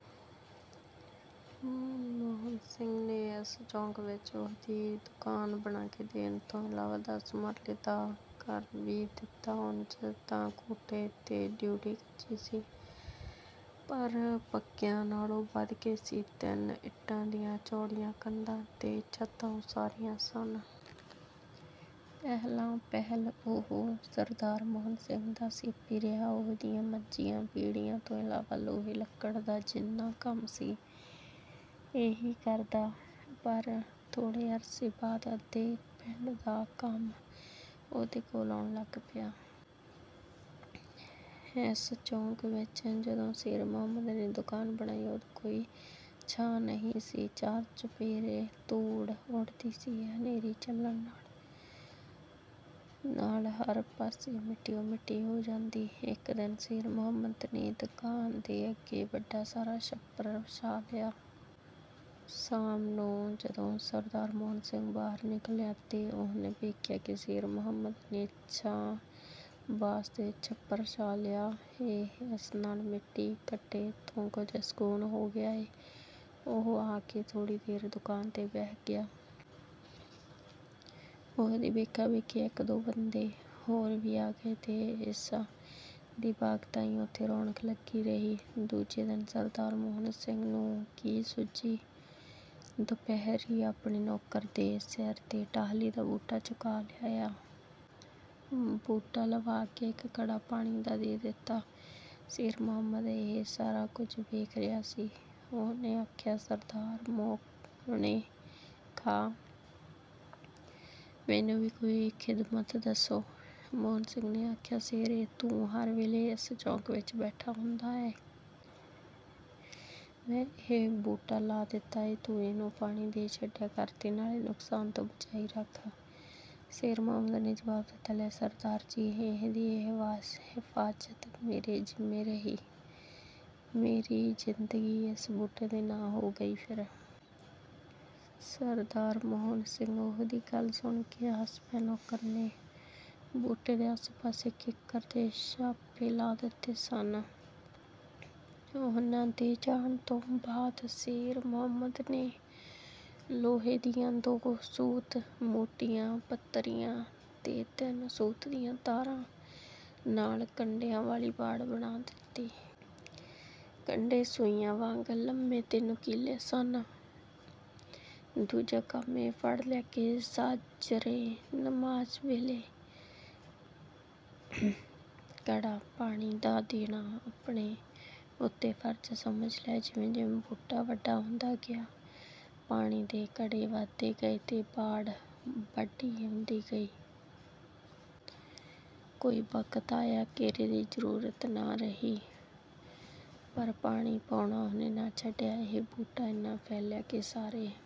ਮੋਹਨ ਸਿੰਘ ਨੇ ਇਸ ਚੌਕ ਵਿਚ ਉਹਦੀ ਦੁਕਾਨ ਬਣਾ ਕੇ ਦੇਣ ਤੋਂ ਇਲਾਵਾ ਦਸ ਮਰਲੇ ਦਾ ਘਰ ਵੀ ਦਿੱਤਾ। ਉਂਜ ਤਾਂ ਕੋਠੇ ਤੇ ਡਿਓੜੀ ਕੱਚੀ ਸੀ, ਪਰ ਪੱਕਿਆਂ ਨਾਲੋਂ ਵਧ ਕੇ ਸੀ। ਤਿੰਨ ਇੱਟਾਂ ਦੀਆਂ ਚੌੜੀਆਂ ਕੰਧਾਂ ਤੇ ਛੱਤਾਂ ਉਸਾਰੀਆਂ ਸਨ। ਪਹਿਲਾਂ-ਪਹਿਲ ਉਹ ਸਰਦਾਰ ਮੋਹਨ ਸਿੰਘ ਦਾ ਸੇਪੀ ਰਿਹਾ। ਉਹਦੀਆਂ ਮੰਜੀਆਂ, ਪੀੜ੍ਹੀਆਂ ਤੋਂ ਇਲਾਵਾ ਲੋਹੇ-ਲੱਕੜ ਦਾ ਜਿੰਨਾ ਕੰਮ ਸੀ, ਇਹੀ ਕਰਦਾ, ਪਰ ਥੋੜ੍ਹੇ ਅਰਸੇ ਬਾਅਦ ਅੱਧੇ ਪਿੰਡ ਦਾ ਕੰਮ ਉਹਦੇ ਕੋਲ ਆਉਣ ਲੱਗ ਪਿਆ। ਇਸ ਚੌਕ ਵਿਚ ਜਦੋਂ ਸ਼ੇਰ ਮੁਹੰਮਦ ਨੇ ਦੁਕਾਨ ਬਣਾਈ, ਉਦੋਂ ਕੋਈ ਛਾਂ ਨਹੀਂ ਸੀ। ਚਾਰ-ਚੁਫੇਰੇ ਧੂੜ ਉੱਡਦੀ ਸੀ। ਹਨੇਰੀ ਚੱਲਣ ਨਾਲ ਹਰ ਪਾਸੇ ਮਿੱਟੀਓਂ-ਮਿੱਟੀ ਹੋ ਜਾਂਦੀ। ਇਕ ਦਿਨ ਸ਼ੇਰ ਮੁਹੰਮਦ ਨੇ ਦੁਕਾਨ ਦੇ ਅੱਗੇ ਵੱਡਾ ਸਾਰਾ ਛੱਪਰ ਛਾ ਲਿਆ। ਸ਼ਾਮ ਨੂੰ ਜਦੋਂ ਸਰਦਾਰ ਮੋਹਨ ਸਿੰਘ ਬਾਹਰ ਨਿਕਲਿਆ ਤੇ ਉਹਨੇ ਵੇਖਿਆ ਕਿ ਸ਼ੇਰ ਮੁਹੰਮਦ ਨੇ ਛਾਂ ਵਾਸਤੇ ਛੱਪਰ ਛਾ ਲਿਆ ਏ। ਇਸ ਨਾਲ ਮਿੱਟੀ-ਘੱਟੇ ਤੋਂ ਕੁਝ ਸਕੂਨ ਹੋ ਗਿਆ ਏ। ਉਹ ਆ ਕੇ ਥੋੜ੍ਹੀ ਦੇਰ ਦੁਕਾਨ 'ਤੇ ਬਹਿ ਗਿਆ। ਉਹਦੀ ਵੇਖਾ-ਵੇਖੀ ਇਕ-ਦੋ ਬੰਦੇ ਹੋਰ ਵੀ ਆ ਗਏ ਤੇ ਇਸ਼ਾ ਦੀ ਬਾਂਗ ਤਾਈਂ ਉੱਥੇ ਰੌਣਕ ਲੱਗੀ ਰਹੀ। ਦੂਜੇ ਦਿਨ ਸਰਦਾਰ ਮੋਹਨ ਸਿੰਘ ਨੂੰ ਕੀ ਸੁੱਝੀ, ਦੁਪਹਿਰੀਂ ਆਪਣੇ ਨੌਕਰ ਦੇ ਸਿਰ 'ਤੇ ਟਾਹਲੀ ਦਾ ਬੂਟਾ ਚੁਕਾ ਲਿਆਇਆ। ਬੂਟਾ ਲਵਾ ਕੇ ਇਕ ਘੜਾ ਪਾਣੀ ਦਾ ਦੇ ਦਿੱਤਾ। ਸ਼ੇਰ ਮੁਹੰਮਦ ਇਹ ਸਾਰਾ ਕੁਝ ਵੇਖ ਰਿਹਾ ਸੀ। ਉਹਨੇ ਆਖਿਆ, "ਸਰਦਾਰ ਮੋਹਣੇ ਖਾਂ! ਮੈਨੂੰ ਵੀ ਕੋਈ ਖ਼ਿਦਮਤ ਦੱਸੋ।" ਮੋਹਨ ਸਿੰਘ ਨੇ ਆਖਿਆ, "ਸ਼ੇਰੇ, ਤੂੰ ਹਰ ਵੇਲੇ ਇਸ ਚੌਕ ਵਿਚ ਬੈਠਾ ਹੁੰਦਾ ਐਂ। ਮੈਂ ਇਹ ਬੂਟਾ ਲਾ ਦਿੱਤਾ ਏ। ਤੂੰ ਇਹਨੂੰ ਪਾਣੀ ਦੇ ਛੱਡਿਆ ਕਰ ਤੇ ਨਾਲੇ ਨੁਕਸਾਨ ਤੋਂ ਬਚਾਈ ਰੱਖ।" ਸ਼ੇਰ ਮੁਹੰਮਦ ਨੇ ਜਵਾਬ ਦਿੱਤਾ, "ਲੈ ਸਰਦਾਰ ਜੀ, ਇਹਦੀ ਹਿਫ਼ਾਜ਼ਤ ਮੇਰੇ ਜ਼ਿੰਮੇ ਰਹੀ। ਮੇਰੀ ਜ਼ਿੰਦਗੀ ਇਸ ਬੂਟੇ ਦੇ ਨਾਂ ਹੋ ਗਈ ਫਿਰ।" ਸਰਦਾਰ ਮੋਹਨ ਸਿੰਘ ਉਹਦੀ ਗੱਲ ਸੁਣ ਕੇ ਹੱਸ ਪਿਆ। ਨੌਕਰ ਨੇ ਬੂਟੇ ਦੇ ਆਸੇ-ਪਾਸੇ ਕਿੱਕਰ ਦੇ ਛਾਪੇ ਲਾ ਦਿੱਤੇ ਸਨ। ਉਨ੍ਹਾਂ ਦੇ ਜਾਣ ਤੋਂ ਬਾਅਦ ਸ਼ੇਰ ਮੁਹੰਮਦ ਨੇ ਲੋਹੇ ਦੀਆਂ ਦੋ ਸੂਤ ਮੋਟੀਆਂ ਪੱਤਰੀਆਂ ਤੇ ਤਿੰਨ ਸੂਤ ਦੀਆਂ ਤਾਰਾਂ ਨਾਲ ਕੰਡਿਆਂ ਵਾਲੀ ਵਾੜ ਬਣਾ ਦਿੱਤੀ। ਕੰਡੇ ਸੂਈਆਂ ਵਾਂਗ ਲੰਮੇ ਤੇ ਨੁਕੀਲੇ ਸਨ। ਦੂਜਾ ਕੰਮ ਇਹ ਫੜ ਲਿਆ ਕਿ ਸਾਝਰੇ ਨਮਾਜ਼ ਵੇਲੇ ਘੜਾ ਪਾਣੀ ਦਾ ਦੇਣਾ ਆਪਣੇ ਉੱਤੇ ਫ਼ਰਜ਼ ਸਮਝ ਲਿਆ। ਜਿਵੇਂ-ਜਿਵੇਂ ਬੂਟਾ ਵੱਡਾ ਹੁੰਦਾ ਗਿਆ, ਪਾਣੀ ਦੇ ਘੜੇ ਵਧਦੇ ਗਏ ਤੇ ਵਾੜ ਵੱਡੀ ਹੁੰਦੀ ਗਈ। ਕੋਈ ਵਕਤ ਆਇਆ, ਘੇਰੇ ਦੀ ਜ਼ਰੂਰਤ ਨਾ ਰਹੀ, ਪਰ ਪਾਣੀ ਪਾਉਣਾ ਉਹਨੇ ਨਾ ਛੱਡਿਆ। ਇਹ ਬੂਟਾ ਇੰਨਾ ਫੈਲਿਆ, ਕਿ ਸਾਰੇ...